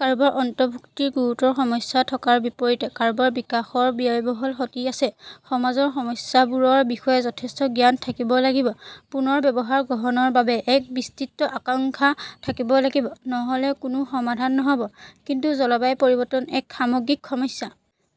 কাৰোবাৰ অন্তৰ্ভুক্তিৰ গুৰুতৰ সমস্যা থকাৰ বিপৰীতে কাৰোবাৰ বিকাশৰ ব্যয়বহুল ক্ষতি আছে। সমাজৰ সমস্যাবোৰৰ বিষয়ে যথেষ্ট জ্ঞান থাকিব লাগিব। পুনৰ ব্যৱস্থা গ্ৰহণৰ বাবে এক বিস্তৃত আকাংক্ষা থাকিব লাগিব। নহ "লে কোনো সমাধান নহয়। কিন্তু জলবায়ু পৰিৱৰ্তন এক সামগ্ৰিক সমস্যা।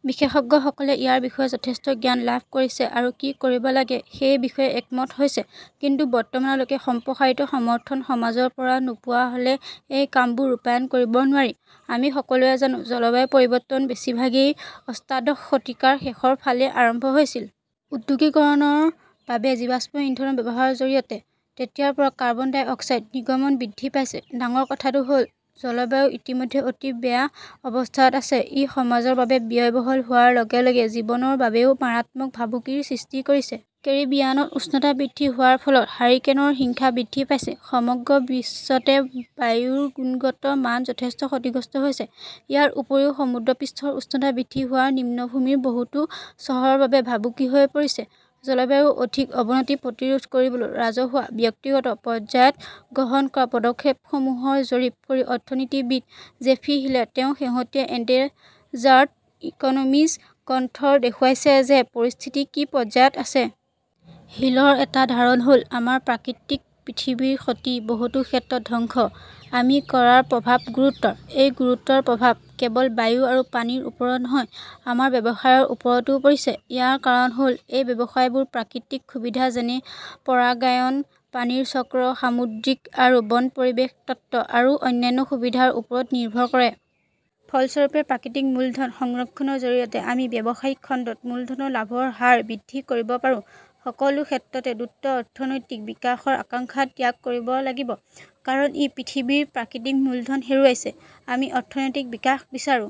বিশেষজ্ঞসকলে ইয়াৰ বিষয়ে যথেষ্ট জ্ঞান লাভ কৰিছে আৰু কি কৰিব লাগে সেই বিষয়ে একমত হৈছে। কিন্তু বৰ্তমানতকৈ সম্প্ৰসাৰিত সমৰ্থন সমাজৰ পৰা নোপোৱা হ "লে এই কামবোৰ ৰূপায়ণ কৰিব নোৱাৰি। আমি সকলোৱে জানো, জলবায়ু পৰিৱৰ্তন বেছিভাগেই অষ্টাদশ শতিকাৰ শেষৰ ফালে আৰম্ভ হৈছিল। ঔদ্যোগিকৰণৰ বাবে জীৱাশ্ম ইন্ধনৰ ব্যৱহাৰৰ জৰিয়তে। তেতিয়াৰ পৰা কাৰ্বন ডাই অক্সাইড নিৰ্গমন বৃদ্ধি পাইছে। ডাঙৰ কথাটো হ 'ল, জলবায়ু ইতিমধ্যে অতি বেয়া অৱস্থাত আছে। ই সমাজৰ বাবে ব্যয়বহুল হোৱাৰ লগে লগে জীৱনৰ বাবেও মাৰাত্মক ভাবুকিৰ সৃষ্টি কৰিছে। কেৰিবিয়ানত উষ্ণতা বৃদ্ধি হোৱাৰ ফলত হাৰিকেনৰ হিংসা বৃদ্ধি পাইছে। সমগ্ৰ বিশ্বতে বায়ুৰ গুণগত মান যথেষ্ট ক্ষতিগ্ৰস্ত হৈছে। ইয়াৰ উপৰিও সমুদ্ৰপৃষ্ঠৰ উচ্চতা বৃদ্ধি হোৱাটো নিম্নভূমিৰ বহুতো চহৰৰ বাবে ভাবুকি হৈ পৰিছে। জলবায়ুৰ অধিক অৱনতি প্ৰতিৰোধ কৰিবলৈ ৰাজহুৱা-ব্যক্তিগত পৰ্যায়ত গ্ৰহণ কৰা পদক্ষেপসমূহৰ জৰীপ কৰি অৰ্থনীতিবিদ জেফ্ৰী হিলে তেওঁৰ শেহতীয়া এণ্ডেঞ্জাৰ্ড ইকনমিজ গ্ৰন্থত দেখুৱাইছে যে পৰিস্থিতি কি পৰ্যায়ত আছে। হিলৰ এটা ধাৰণা হ "ল, আমাৰ প্ৰাকৃতিক পৃথিৱীৰ ক্ষতি-বহুতো ক্ষেত্ৰত ধ্বংস-আমি কৰাৰ প্ৰভাৱ গুৰুতৰ। এই গুৰুতৰ প্ৰভাৱ কেৱল বায়ু আৰু পানীৰ ওপৰত নহয়, আমাৰ ব্যৱসায়ৰ ওপৰতো পৰিছে। ইয়াৰ কাৰণ হ "ল এই ব্যৱসায়বোৰ প্ৰাকৃতিক সুবিধা যেনে পৰাগায়ন, পানীৰ চক্ৰ, সামুদ্ৰিক আৰু বন পৰিৱেশ তন্ত্ৰ আৰু অন্যান্য সুবিধাৰ ওপৰত নিৰ্ভৰ কৰে। ফলস্বৰূপে 'প্ৰাকৃতিক মূলধন "সংৰক্ষণৰ জৰিয়তে আমি ব্যৱসায়িক খণ্ডত মূলধনৰ লাভৰ হাৰ বৃদ্ধি কৰিব পাৰোঁ। সকলো ক্ষেত্ৰতে দ্ৰুত অৰ্থনৈতিক বিকাশৰ আকাংক্ষা ত্যাগ কৰিব লাগিব। কাৰণ, ই পৃথিৱীৰ প্ৰাকৃতিক মূলধন হেৰুৱাইছে। আমি অৰ্থনৈতিক বিকাশ বিচাৰো।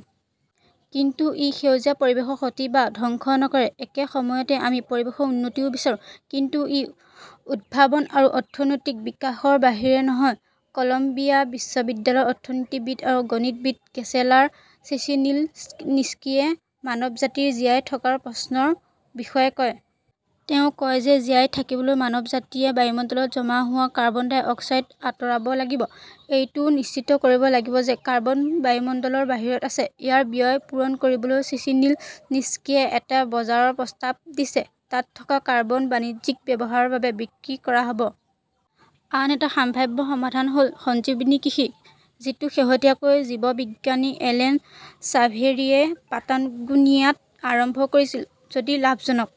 কিন্তু ই 'সেউজীয়া "পৰিৱেশৰ ক্ষতি বা ধ্বংস নকৰে। একে সময়তে আমি পৰিৱেশৰ উন্নতিও বিচাৰো। কিন্তু ই উদ্ভাৱন আৰু অৰ্থনৈতিক বিকাশৰ বাহিৰে নহয়। কলম্বিয়া বিশ্ববিদ্যালয়ৰ অৰ্থনীতিবিদ আৰু গণিতবিদ গ্ৰেচেলা চিচিনিলনিস্কিয়ে মানৱজাতিৰ জীয়াই থকাৰ প্ৰশ্নৰ বিষয়ে কয়। তেওঁ কয় যে জীয়াই থাকিবলৈ মানৱজাতিয়ে বায়ুমণ্ডলত জমা হোৱা কাৰ্বন ডাই অক্সাইড আঁতৰাব লাগিব। এইটোও নিশ্চিত কৰিব লাগিব যে কাৰ্বন বায়ুমণ্ডলৰ বাহিৰত আছে। ইয়াৰ ব্যয় পূৰণ কৰিবলৈ চিচিনিলনিস্কিয়ে এটা বজাৰৰ প্ৰস্তাৱ দিছে। তাত থকা কাৰ্বন বাণিজ্যিক ব্যৱহাৰৰ বাবে বিক্ৰী কৰা হ "ব। আন এটা সম্ভাৱ্য সমাধান হ "ল 'সঞ্জীৱনী কৃষি", যিটো শেহতীয়াকৈ জীৱবিজ্ঞানী এলেন ছাভেৰীয়ে পাটাগোনিয়াত আৰম্ভ কৰিছিল। যদি লাভজনক